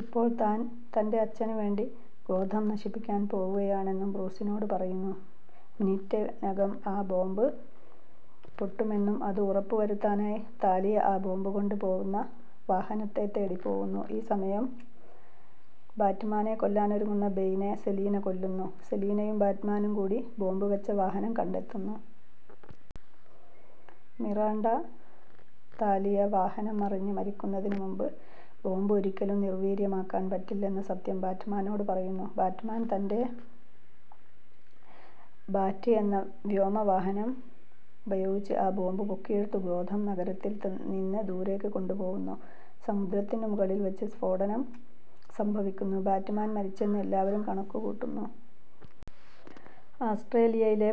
ഇപ്പോൾ താൻ, തൻ്റെ അച്ഛന് വേണ്ടി ഗോഥം നശിപ്പിക്കാൻ പോവുകയാണെന്നും ബ്രൂസിനോട് പറയുന്നു. മിനിറ്റിനകം ആ ബോംബ് പൊട്ടുമെന്നും അതു ഉറപ്പു വരുത്താനായി താലിയ ആ ബോംബ് കൊണ്ട് പോവുന്ന വാഹനത്തെ തേടി പോവുന്നു. ഈ സമയം ബാറ്റ്മാനെ കൊല്ലാനൊരുങ്ങുന്ന ബെയ്നെ സലീന കൊല്ലുന്നു. സലീനയും ബാറ്റ്മാനും കൂടി ബോംബ് വെച്ച വാഹനം കണ്ടെത്തുന്നു. മിറാണ്ട/താലിയ വാഹനം മറിഞ്ഞ് മരിക്കുന്നതിനു മുമ്പ് ബോംബ് ഒരിക്കലും നിർവീര്യമാക്കാൻ പറ്റില്ലെന്ന സത്യം ബാറ്റ്മാനോട് പറയുന്നു. ബാറ്റ്മാൻ, തൻ്റെ 'ബാറ്റ്' എന്ന വ്യോമവാഹനം ഉപയോഗിച്ച് ആ ബോംബ് പൊക്കിയെടുത്തു ഗോഥം നഗരത്തിൽ നിന്ന് ദൂരെക്ക് കൊണ്ട് പോവുന്നു. സമുദ്രത്തിന്നു മുകളിൽ വെച്ച് സ്ഫോടനം സംഭവിക്കുന്നു. ബാറ്റ്മാൻ മരിച്ചെന്നു എല്ലാവരും കണക്കുകൂട്ടുന്നു. ആസ്റ്റ്രേലിയയിലെ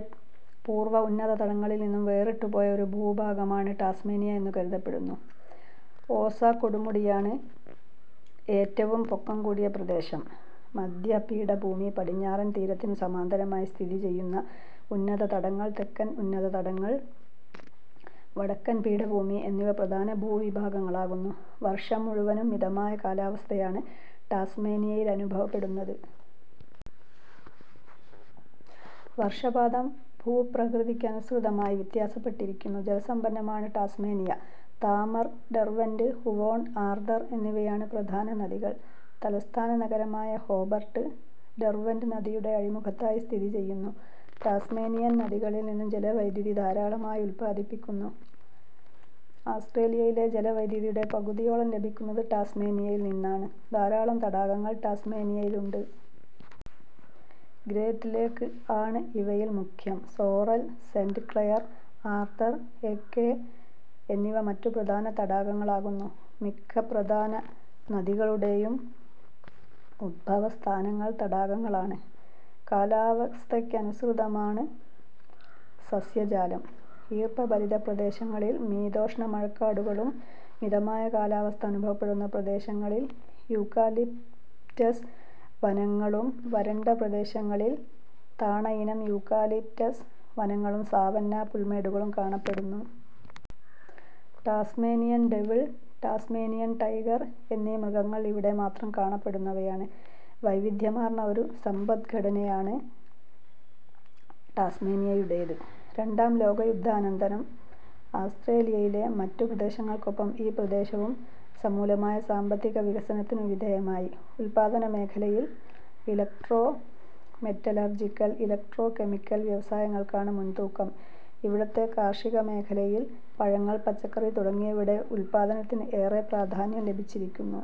പൂർവ ഉന്നത തടങ്ങളിൽ നിന്നും വേറിട്ടുപോയ ഒരു ഭൂഭാഗമാണ് ടാസ്മേനിയ എന്നു കരുതപ്പെടുന്നു. ഓസ കൊടുമുടിയാണ് ഏറ്റവും പൊക്കം കൂടിയ പ്രദേശം. മധ്യപീഠഭൂമി, പടിഞ്ഞാറൻ തീരത്തിനു സമാന്തരമായി സ്ഥിതി ചെയ്യുന്ന ഉന്നതതടങ്ങൾ, തെക്കൻ ഉന്നത തടങ്ങൾ, വടക്കൻ പീഠഭൂമി എന്നിവ പ്രധാന ഭൂവിഭാഗങ്ങളാകുന്നു. വർഷം മുഴുവനും മിതമായ കാലാവസ്ഥയാണ് ടാസ്മേനിയയിലനുഭവപ്പെടുന്നത്. വർഷപാതം ഭൂപ്രകൃതിക്കനുസൃതമായി വ്യത്യാസപ്പെട്ടിരിക്കുന്നു. ജലസമ്പന്നമാണ് Tasmania. Tamar, Derwent, Huon, Arthur എന്നിവയാണ് പ്രധാന നദികൾ. തലസ്ഥാന നഗരമായ ഹോബർട്ട്, ഡെർവന്റ് നദിയുടെ അഴിമുഖത്തായി സ്ഥിതി ചെയ്യുന്നു. ടാസ്മേനിയൻ നദികളിൽ നിന്നും ജലവൈദ്യുതി ധാരാളമായുത്പാദിപ്പിക്കുന്നുണ്ട്. ആസ്റ്റ്രേലിയയിലെ ജലവൈദ്യുതിയുടെ പകുതിയോളം ലഭിക്കുന്നത് ടാസ്മേനിയയിൽ നിന്നാണ്. ധാരാളം തടാകങ്ങൾ ടാസ്മേനിയയിലുണ്ട്. ഗ്രേറ്റ്ലേക് ആണ് ഇവയിൽ മുഖ്യം. സോറൽ, സെന്റ് ക്ലയർ, ആർതർ, എക്കെ എന്നിവ മറ്റു പ്രധാന തടാകങ്ങളാകുന്നു. മിക്ക പ്രധാന നദികളുടെയും ഉദ്ഭവസ്ഥാനങ്ങൾ തടാകങ്ങളാണ്. കാലാവസ്ഥയ്ക്കനുസൃതമാണ് സസ്യജാലം. ഈർപ്പഭരിതപ്രദേശങ്ങളിൽ മിതോഷ്ണമഴക്കാടുകളും, മിതമായ കാലാവസ്ഥ അനുഭവപ്പെടുന്ന പ്രദേശങ്ങളിൽ യൂക്കാലിപ്റ്റസ് വനങ്ങളും, വരണ്ട പ്രദേശങ്ങളിൽ താണയിനം യൂക്കാലിപ്റ്റസ് വനങ്ങളും, സാവന്നാ പുൽമേടുകളും കാണപ്പെടുന്നു. ടാസ്മേനിയൻ ഡെവിൾ, ടാസ്മേനിയൻ ടൈഗർ എന്നീ മൃഗങ്ങൾ ഇവിടെ മാത്രം കാണപ്പെടുന്നവയാണ്. വൈവിധ്യമാർന്ന ഒരു സമ്പദ്ഘടനയാണ് ടാസ്മേനിയയുടേത്. രണ്ടാം ലോകയുദ്ധാനന്തരം ആസ്റ്റ്രേലിയയിലെ മറ്റു പ്രദേശങ്ങൾക്കൊപ്പം ഈ പ്രദേശവും സമൂലമായ സാമ്പത്തിക വികസനത്തിനു വിധേയമായി. ഉത്പാദനമേഖലയിൽ ഇലക്ട്രോ-മെറ്റലർജിക്കൽ, ഇലക്ട്രോ-കെമിക്കൽ വ്യവസായങ്ങൾക്കാണ് മുൻതൂക്കം. ഇവിടത്തെ കാർഷികമേഖലയിൽ പഴങ്ങൾ, പച്ചക്കറി തുടങ്ങിയവയുടെ ഉത്പാദനത്തിന് ഏറെ പ്രാധാന്യം ലഭിച്ചിരിക്കുന്നു.